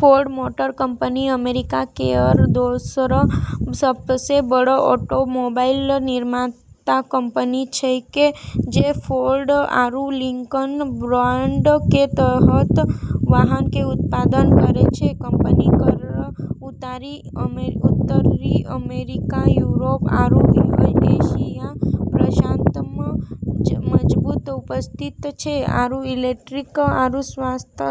Ford motor company America केरऽ दोसरऽ सबसें बड़ऽ ऑटोमोबाइल निर्माता कंपनी छेकै, जे फोर्ड आरू लिंकन ब्रांड के तहत वाहन के उत्पादन करै छै। कंपनी केरऽ उत्तरी अमेरिका, यूरोप, आरू एशिया-प्रशांत म॑ मजबूत उपस्थिति छै, आरू इलेक्ट्रिक आरू स्वायत्त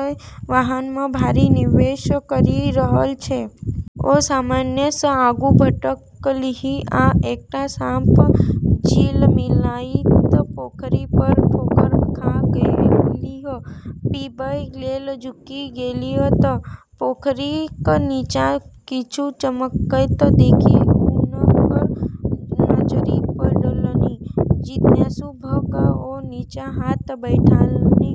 वाहन म॑ भारी निवेश करी रहलऽ छै। ओ सामान्यसँ आगू भटकलीह आ एकटा साफ झिलमिलाइत पोखरि पर ठोकर खा गेलीह। पीबय लेल झुकि गेलीह तऽ पोखरिक नीचाँ किछु चमकैत देखि हुनकर नजरि पड़लनि। जिज्ञासु भ' क' ओ नीचाँ हाथ बढ़ौलनि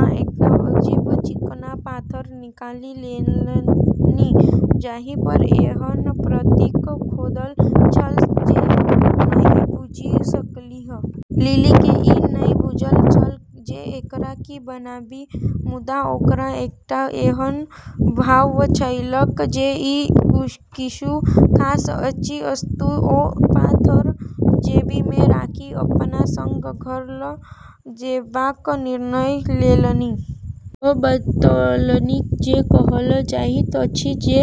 आ एकटा अजीब, चिकना पाथर निकालि लेलनि जाहि पर एहन प्रतीक खोदल छल जे ओ नहि बुझि सकलीह. लिली के ई नै बुझल छल जे एकरा की बनाबी, मुदा ओकरा एकटा एहन भाव छलैक जे ई किछु खास अछि। अस्तु, ओ पाथर जेबी मे राखि अपना संग घर ल' जेबाक निर्णय लेलनि. ओ बतौलनि जे कहल जाइत अछि जे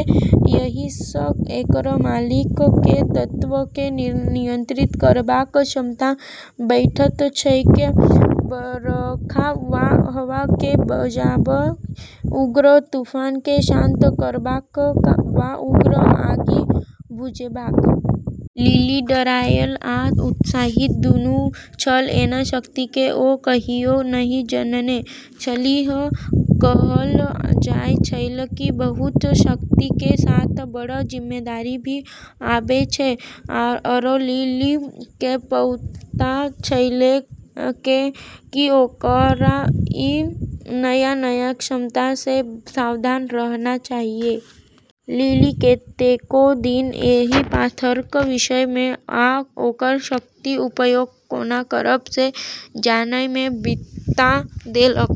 एहि सँ एकर मालिक केँ तत्व केँ नियंत्रित करबाक क्षमता भेटैत छैक बरखा वा हवा केँ बजाबय, उग्र तूफान केँ शांत करबाक वा उग्र आगि बुझेबाक। लिली डराएल आ उत्साहित दुनू छल। एहन शक्तिकेँ ओ कहियो नहि जनने छलीह। कहलऽ जाय छेलै कि बहुत शक्ति के साथ बड़ऽ जिम्मेदारी भी आबै छै, आरो लिली केॅ पता छेलै कि ओकरा ई नया-नया क्षमता सें सावधान रहना चाहियऽ। लिली कतेको दिन एहि पाथरक विषय मे आ ओकर शक्तिक उपयोग कोना करब से जानय मे बिता देलक।